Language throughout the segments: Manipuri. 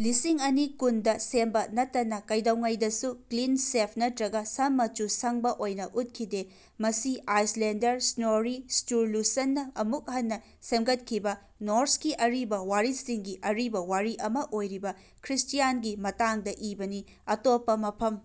ꯂꯤꯁꯤꯡ ꯑꯅꯤ ꯀꯨꯟ ꯗ ꯁꯦꯝꯕ ꯅꯠꯇꯅ ꯀꯩꯗꯧꯉꯩꯗꯁꯨ ꯀ꯭ꯂꯤꯟ-ꯁꯦꯚ ꯅꯠꯇ꯭ꯔꯒ ꯁꯝ ꯃꯆꯨ ꯁꯪꯕ ꯑꯣꯏꯅ ꯎꯠꯈꯤꯗꯦ, ꯃꯁꯤ ꯑꯥꯏꯁꯂꯦꯟꯗꯔ ꯁ꯭ꯅꯣꯔꯤ ꯁ꯭ꯇꯨꯔꯂꯨꯁꯟꯅ ꯑꯃꯨꯛ ꯍꯟꯅ ꯁꯦꯝꯒꯠꯈꯤꯕ ꯅꯣꯔ꯭ꯁꯀꯤ ꯑꯔꯤꯕ ꯋꯥꯔꯤꯁꯤꯡꯒꯤ ꯑꯔꯤꯕ ꯋꯥꯔꯤ ꯑꯃ ꯑꯣꯏꯔꯤꯕ, ꯈ꯭ꯔꯤꯁꯇ꯭ꯌꯥꯟꯒꯤ ꯃꯇꯥꯡꯗ ꯏꯕꯅꯤ꯫ ꯑꯇꯣꯞꯄ ꯃꯐꯝ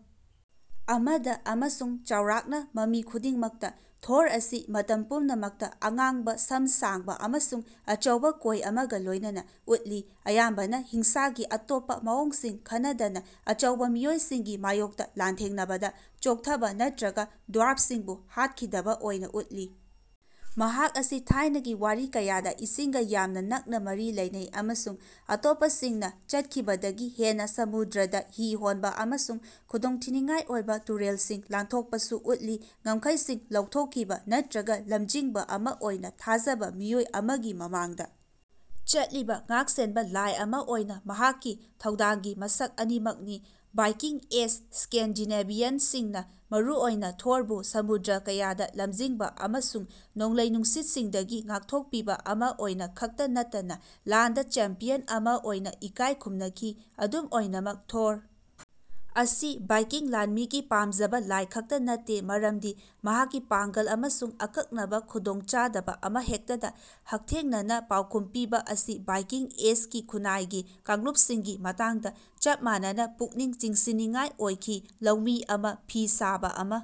ꯑꯃꯗ, ꯑꯃꯁꯨꯡ ꯆꯥꯎꯔꯥꯛꯅ ꯃꯃꯤ ꯈꯨꯗꯤꯡꯃꯛꯇ, ꯊꯣꯔ ꯑꯁꯤ ꯃꯇꯝ ꯄꯨꯝꯅꯃꯛꯇ ꯑꯉꯥꯡꯕ ꯁꯝ ꯁꯥꯡꯕ ꯑꯃꯁꯨꯡ ꯑꯆꯧꯕ ꯀꯣꯏ ꯑꯃꯒ ꯂꯣꯏꯅꯅ ꯎꯠꯂꯤ, ꯑꯌꯥꯝꯕꯅ ꯍꯤꯡꯁꯥꯒꯤ ꯑꯇꯣꯞꯄ ꯃꯑꯣꯡꯁꯤꯡ ꯈꯟꯅꯗꯅ ꯑꯆꯧꯕ ꯃꯤꯑꯣꯏꯁꯤꯡꯒꯤ ꯃꯥꯌꯣꯛꯇ ꯂꯥꯟꯊꯦꯡꯅꯕꯗ ꯆꯣꯡꯊꯕ ꯅꯠꯇ꯭ꯔꯒ ꯗ꯭ꯋꯥꯔꯕꯁꯤꯡꯕꯨ ꯍꯥꯠꯈꯤꯗꯕ ꯑꯣꯏꯅ ꯎꯠꯂꯤ꯫ ꯃꯍꯥꯛ ꯑꯁꯤ ꯊꯥꯏꯅꯒꯤ ꯋꯥꯔꯤ ꯀꯌꯥꯗ ꯏꯁꯤꯡꯒ ꯌꯥꯝꯅ ꯅꯛꯅ ꯃꯔꯤ ꯂꯩꯅꯩ ꯑꯃꯁꯨꯡ ꯑꯇꯣꯞꯄꯁꯤꯡꯅ ꯆꯠꯈꯤꯕꯗꯒꯤ ꯍꯦꯟꯅ ꯁꯃꯨꯗ꯭ꯔꯗ ꯍꯤ ꯍꯣꯟꯕ ꯑꯃꯁꯨꯡ ꯈꯨꯗꯣꯡꯊꯤꯅꯤꯡꯉꯥꯏ ꯑꯣꯏꯕ ꯇꯨꯔꯦꯜꯁꯤꯡ ꯂꯥꯟꯊꯣꯛꯄꯁꯨ ꯎꯠꯂꯤ ꯉꯝꯈꯩꯁꯤꯡ ꯂꯧꯊꯣꯛꯈꯤꯕ ꯅꯠꯇ꯭ꯔꯒ ꯂꯝꯖꯤꯡꯕ ꯑꯃ ꯑꯣꯏꯅ ꯊꯥꯖꯕ ꯃꯤꯑꯣꯏ ꯑꯃꯒꯤ ꯃꯃꯥꯡꯗ ꯆꯠꯂꯤꯕ ꯉꯥꯛꯁꯦꯟꯕ ꯂꯥꯏ ꯑꯃ ꯑꯣꯏꯅ ꯃꯍꯥꯛꯀꯤ ꯊꯧꯗꯥꯡꯒꯤ ꯃꯁꯛ ꯑꯅꯤꯃꯛꯅꯤ꯫ ꯚꯥꯏꯀꯤꯡ ꯑꯦꯖ ꯁ꯭ꯀꯦꯟꯗꯤꯅꯦꯚꯤꯌꯟꯁꯤꯡꯅ ꯃꯔꯨꯑꯣꯏꯅ ꯊꯣꯔꯕꯨ ꯁꯃꯨꯗ꯭ꯔ ꯀꯌꯥꯗ ꯂꯝꯖꯤꯡꯕ ꯑꯃꯁꯨꯡ ꯅꯣꯡꯂꯩ-ꯅꯨꯡꯁꯤꯠꯁꯤꯡꯗꯒꯤ ꯉꯥꯛꯊꯣꯛꯄꯤꯕ ꯑꯃ ꯑꯣꯏꯅ ꯈꯛꯇ ꯅꯠꯇꯅ ꯂꯥꯟꯗ ꯆꯦꯝꯄ꯭ꯌꯟ ꯑꯃꯥ ꯑꯣꯏꯅ ꯏꯀꯥꯏ ꯈꯨꯝꯅꯈꯤ꯫ ꯑꯗꯨꯝ ꯑꯣꯏꯅꯃꯛ, ꯊꯣꯔ ꯑꯁꯤ ꯚꯥꯏꯀꯤꯡ ꯂꯥꯟꯃꯤꯒꯤ ꯄꯥꯝꯖꯕ ꯂꯥꯏ ꯈꯛꯇ ꯅꯠꯇꯦ, ꯃꯔꯝꯗꯤ ꯃꯍꯥꯛꯀꯤ ꯄꯥꯡꯒꯜ ꯑꯃꯁꯨꯡ ꯑꯀꯛꯅꯕ ꯈꯨꯗꯣꯡꯆꯥꯗꯕ ꯑꯃꯍꯦꯛꯇꯗ ꯍꯛꯊꯦꯡꯅꯅ ꯄꯥꯎꯈꯨꯝ ꯄꯤꯕ ꯑꯁꯤ ꯚꯥꯏꯀꯤꯡ ꯑꯦꯖꯀꯤ ꯈꯨꯟꯅꯥꯏꯒꯤ ꯀꯥꯡꯂꯨꯞꯁꯤꯡꯒꯤ ꯃꯇꯥꯡꯗ ꯆꯞ ꯃꯥꯟꯅꯅ ꯄꯨꯛꯅꯤꯡ ꯆꯤꯡꯁꯤꯟꯅꯤꯡꯉꯥꯏ ꯑꯣꯏꯈꯤ꯫ ꯂꯧꯃꯤ ꯑꯃ, ꯐꯤ ꯁꯥꯕ ꯑꯃ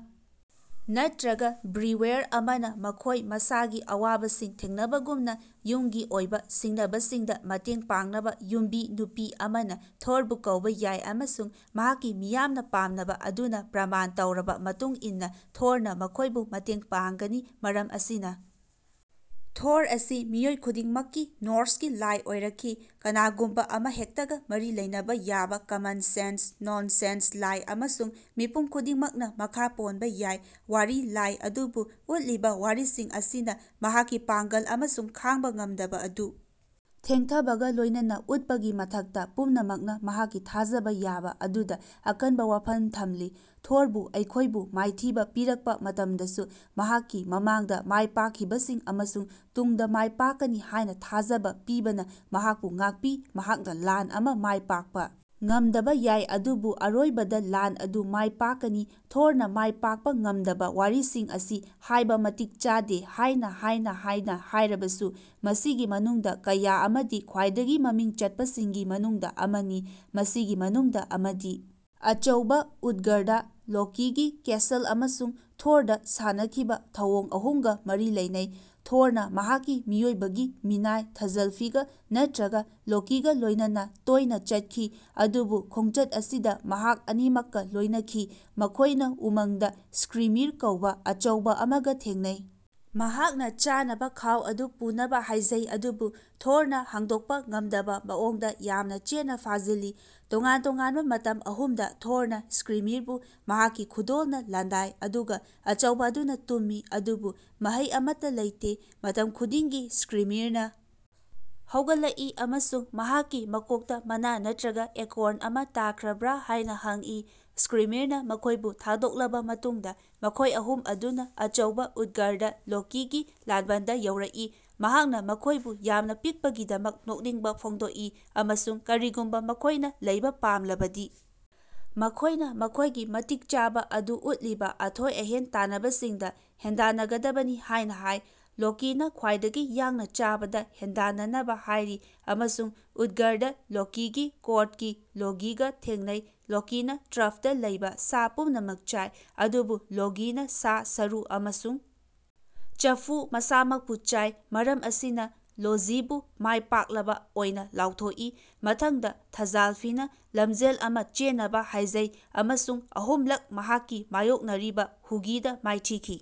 ꯅꯠꯇ꯭ꯔꯒ ꯕ꯭ꯔꯤꯋꯦꯔ ꯑꯃꯅ ꯃꯈꯣꯏ ꯃꯁꯥꯒꯤ ꯑꯋꯥꯕꯁꯤꯡ ꯊꯦꯡꯅꯕꯒꯨꯝꯅ ꯌꯨꯝꯒꯤ ꯑꯣꯏꯕ ꯁꯤꯡꯅꯕꯁꯤꯡꯗ ꯃꯇꯦꯡ ꯄꯥꯡꯅꯕ ꯌꯨꯝꯕꯤ ꯅꯨꯄꯤ ꯑꯃꯅ ꯊꯣꯔꯕꯨ ꯀꯧꯕ ꯌꯥꯏ ꯑꯃꯁꯨꯡ ꯃꯍꯥꯛꯀꯤ ꯃꯤꯌꯥꯝꯅ ꯄꯥꯝꯅꯕ ꯑꯗꯨꯅ ꯄ꯭ꯔꯃꯥꯟ ꯇꯧꯔꯕ ꯃꯇꯨꯡ ꯏꯟꯅ, ꯊꯣꯔꯅ ꯃꯈꯣꯏꯕꯨ ꯃꯇꯦꯡ ꯄꯥꯡꯒꯅꯤ꯫ ꯃꯔꯝ ꯑꯁꯤꯅ ꯊꯣꯔ ꯑꯁꯤ ꯃꯤꯑꯣꯏ ꯈꯨꯗꯤꯡꯃꯛꯀꯤ ꯅꯣꯔ꯭ꯁꯀꯤ ꯂꯥꯏ ꯑꯣꯏꯔꯛꯈꯤ꯫ ꯀꯅꯥꯒꯨꯝꯕ ꯑꯃꯍꯦꯛꯇꯒ ꯃꯔꯤ ꯂꯩꯅꯕ ꯌꯥꯕ ꯀꯃꯟ-ꯁꯦꯟꯁ, ꯅꯣꯟ-ꯅꯣꯟꯁ ꯂꯥꯏ ꯑꯃꯁꯨꯡ ꯃꯤꯄꯨꯝ ꯈꯨꯗꯤꯡꯃꯛꯅ ꯃꯈꯥ ꯄꯣꯟꯕ ꯌꯥꯏ꯫ ꯋꯥꯔꯤ ꯂꯥꯏ ꯑꯗꯨꯕꯨ ꯎꯠꯂꯤꯕ ꯋꯥꯔꯤꯁꯤꯡ ꯑꯁꯤꯅ, ꯃꯍꯥꯛꯀꯤ ꯄꯥꯡꯒꯜ ꯑꯃꯁꯨꯡ ꯈꯥꯡꯕ ꯉꯝꯗꯕ ꯑꯗꯨ ꯊꯦꯡꯊꯕꯒ ꯂꯣꯏꯅꯅ ꯎꯠꯄꯒꯤ ꯃꯊꯛꯇ, ꯄꯨꯝꯅꯃꯛꯅ ꯃꯍꯥꯛꯀꯤ ꯊꯥꯖꯕ ꯌꯥꯕ ꯑꯗꯨꯗ ꯑꯀꯟꯕ ꯋꯥꯐꯝ ꯊꯝꯂꯤ꯫ ꯊꯣꯔꯕꯨ ꯑꯩꯈꯣꯏꯕꯨ ꯃꯥꯏꯊꯤꯕ ꯄꯤꯔꯛꯄ ꯃꯇꯝꯗꯁꯨ, ꯃꯍꯥꯛꯀꯤ ꯃꯃꯥꯡꯗ ꯃꯥꯏꯄꯥꯛꯈꯤꯕꯁꯤꯡ ꯑꯃꯁꯨꯡ ꯇꯨꯡꯗ ꯃꯥꯏꯄꯥꯛꯀꯅꯤ ꯍꯥꯏꯅ ꯊꯥꯖꯕ ꯄꯤꯕꯅ ꯃꯍꯥꯛꯄꯨ ꯉꯥꯛꯄꯤ; ꯃꯍꯥꯛꯅ ꯂꯥꯟ ꯑꯃ ꯃꯥꯏ ꯄꯥꯛꯄ ꯉꯝꯗꯕ ꯌꯥꯏ ꯑꯗꯨꯕꯨ ꯑꯔꯣꯏꯕꯗ ꯂꯥꯟ ꯑꯗꯨ ꯃꯥꯏ ꯄꯥꯛꯀꯅꯤ꯫ ꯊꯣꯔꯅ ꯃꯥꯏ ꯄꯥꯛꯄ ꯉꯝꯗꯕ ꯋꯥꯔꯤꯁꯤꯡ ꯑꯁꯤ ꯍꯥꯏꯕ ꯃꯇꯤꯛ ꯆꯥꯗꯦ ꯍꯥꯏꯅ ꯍꯥꯏꯅ ꯍꯥꯏꯅ ꯍꯥꯏꯔꯕꯁꯨ, ꯃꯁꯤꯒꯤ ꯃꯅꯨꯡꯗ ꯀꯌꯥ ꯑꯃꯗꯤ ꯈ꯭ꯋꯥꯏꯗꯒꯤ ꯃꯃꯤꯡ ꯆꯠꯄꯁꯤꯡꯒꯤ ꯃꯅꯨꯡꯗ ꯑꯃꯅꯤ꯫ ꯃꯁꯤꯒꯤ ꯃꯅꯨꯡꯗ ꯑꯃꯗꯤ ꯑꯆꯧꯕ ꯎꯠꯒꯔꯗꯥ-ꯂꯣꯀꯤꯒꯤ ꯀꯦꯁꯜ ꯑꯃꯁꯨꯡ ꯊꯣꯔꯗ ꯁꯥꯟꯅꯈꯤꯕ ꯊꯧꯑꯣꯡ ꯑꯍꯨꯝꯒ ꯃꯔꯤ ꯂꯩꯅꯩ꯫ ꯊꯣꯔꯅ ꯃꯍꯥꯛꯀꯤ ꯃꯤꯑꯣꯏꯕꯒꯤ ꯃꯤꯅꯥꯏ ꯊꯖꯜꯐꯤꯒ ꯅꯠꯇ꯭ꯔꯒ ꯂꯣꯀꯤꯒ ꯂꯣꯏꯅꯅ ꯇꯣꯏꯅ ꯆꯠꯈꯤ ꯑꯗꯨꯕꯨ ꯈꯣꯡꯆꯠ ꯑꯁꯤꯗ ꯃꯍꯥꯛ ꯑꯅꯤꯃꯛꯀ ꯂꯣꯏꯅꯈꯤ꯫ ꯃꯈꯣꯏꯅ ꯎꯃꯪꯗ ꯁ꯭ꯀ꯭ꯔꯤꯃꯤꯔ ꯀꯧꯕ ꯑꯆꯧꯕ ꯑꯃꯒ ꯊꯦꯡꯅꯩ, ꯃꯍꯥꯛꯅ ꯆꯥꯅꯕ ꯈꯥꯎ ꯑꯗꯨ ꯄꯨꯅꯕ ꯍꯥꯏꯖꯩ ꯑꯗꯨꯕꯨ ꯊꯣꯔꯅ ꯍꯥꯡꯗꯣꯛꯄ ꯉꯝꯗꯕ ꯃꯑꯣꯡꯗ ꯌꯥꯝꯅ ꯆꯦꯠꯅ ꯐꯥꯖꯤꯜꯂꯤ꯫ ꯇꯣꯉꯥꯟ-ꯇꯣꯉꯥꯟꯕ ꯃꯇꯝ ꯑꯍꯨꯝꯗ ꯊꯣꯔꯅ ꯁ꯭ꯀ꯭ꯔꯤꯃꯤꯔꯕꯨ ꯃꯍꯥꯛꯀꯤ ꯈꯨꯗꯣꯜꯅ ꯂꯥꯟꯗꯥꯏ ꯑꯗꯨꯒ ꯑꯆꯧꯕ ꯑꯗꯨꯅ ꯇꯨꯝꯃꯤ ꯑꯗꯨꯕꯨ ꯃꯍꯩ ꯑꯃꯠꯇ ꯂꯩꯇꯦ; ꯃꯇꯝ ꯈꯨꯗꯤꯡꯒꯤ ꯁ꯭ꯀ꯭ꯔꯤꯃꯤꯔꯅ ꯍꯧꯒꯠꯂꯛꯏ ꯑꯃꯁꯨꯡ ꯃꯍꯥꯛꯀꯤ ꯃꯀꯣꯛꯇ ꯃꯅꯥ ꯅꯠꯇ꯭ꯔꯒ ꯑꯦꯀꯣꯔ꯭ꯟ ꯑꯃ ꯇꯥꯈ꯭ꯔꯕ꯭ꯔꯥ ꯍꯥꯏꯅ ꯍꯪꯏ꯫ ꯁ꯭ꯀ꯭ꯔꯤꯃꯤꯔꯅ ꯃꯈꯣꯏꯕꯨ ꯊꯥꯗꯣꯛꯂꯕ ꯃꯇꯨꯡꯗ, ꯃꯈꯣꯏ ꯑꯍꯨꯝ ꯑꯗꯨꯅ ꯑꯆꯧꯕ ꯎꯠꯒꯔꯗꯥ-ꯂꯣꯀꯤꯒꯤ ꯂꯥꯟꯕꯟꯗ ꯌꯧꯔꯛꯏ, ꯃꯍꯥꯛꯅ ꯃꯈꯣꯏꯕꯨ ꯌꯥꯝꯅ ꯄꯤꯛꯄꯒꯤꯗꯃꯛ ꯅꯣꯛꯅꯤꯡꯕ ꯐꯣꯡꯗꯣꯛꯏ ꯑꯃꯁꯨꯡ ꯀꯔꯤꯒꯨꯝꯕ ꯃꯈꯣꯏꯅ ꯂꯩꯕ ꯄꯥꯝꯂꯕꯗꯤ, ꯃꯈꯣꯏꯅ ꯃꯈꯣꯏꯒꯤ ꯃꯇꯤꯛ ꯆꯥꯕ ꯑꯗꯨ ꯎꯠꯂꯤꯕ ꯑꯊꯣꯏ-ꯑꯍꯦꯟ ꯇꯥꯟꯅꯕꯁꯤꯡꯗ ꯍꯦꯟꯗꯥꯟꯅꯒꯗꯕꯅꯤ ꯍꯥꯏꯅ ꯍꯥꯏ꯫ ꯂꯣꯀꯤꯅ ꯈ꯭ꯋꯥꯏꯗꯒꯤ ꯌꯥꯡꯅ ꯆꯥꯕꯗ ꯍꯦꯟꯗꯥꯟꯅꯅꯕ ꯍꯥꯏꯔꯤ ꯑꯃꯁꯨꯡ ꯎꯠꯒꯔꯗꯥ-ꯂꯣꯀꯤꯒꯤ ꯀꯣꯔꯠꯀꯤ ꯂꯣꯒꯤꯒ ꯊꯦꯡꯅꯩ꯫ ꯂꯣꯀꯤꯅ ꯇ꯭ꯔꯐꯇ ꯂꯩꯕ ꯁꯥ ꯄꯨꯝꯅꯃꯛ ꯆꯥꯏ ꯑꯗꯨꯕꯨ ꯂꯣꯒꯤꯅ ꯁꯥ, ꯁꯔꯨ ꯑꯃꯁꯨꯡ ꯆꯐꯨ ꯃꯁꯥꯃꯛꯄꯨ ꯆꯥꯏ; ꯃꯔꯝ ꯑꯁꯤꯅ ꯂꯣꯖꯤꯕꯨ ꯃꯥꯏꯄꯥꯛꯂꯕ ꯑꯣꯏꯅ ꯂꯥꯎꯊꯣꯛꯏ꯫ ꯃꯊꯪꯗ, ꯊꯖꯥꯜꯐꯤꯅ ꯂꯝꯖꯦꯜ ꯑꯃ ꯆꯦꯟꯅꯕ ꯍꯥꯏꯖꯩ ꯑꯃꯁꯨꯡ ꯑꯍꯨꯝꯂꯛ ꯃꯍꯥꯛꯀꯤ ꯃꯥꯌꯣꯛꯅꯔꯤꯕ ꯍꯨꯒꯤꯗ ꯃꯥꯏꯊꯤꯈꯤ꯫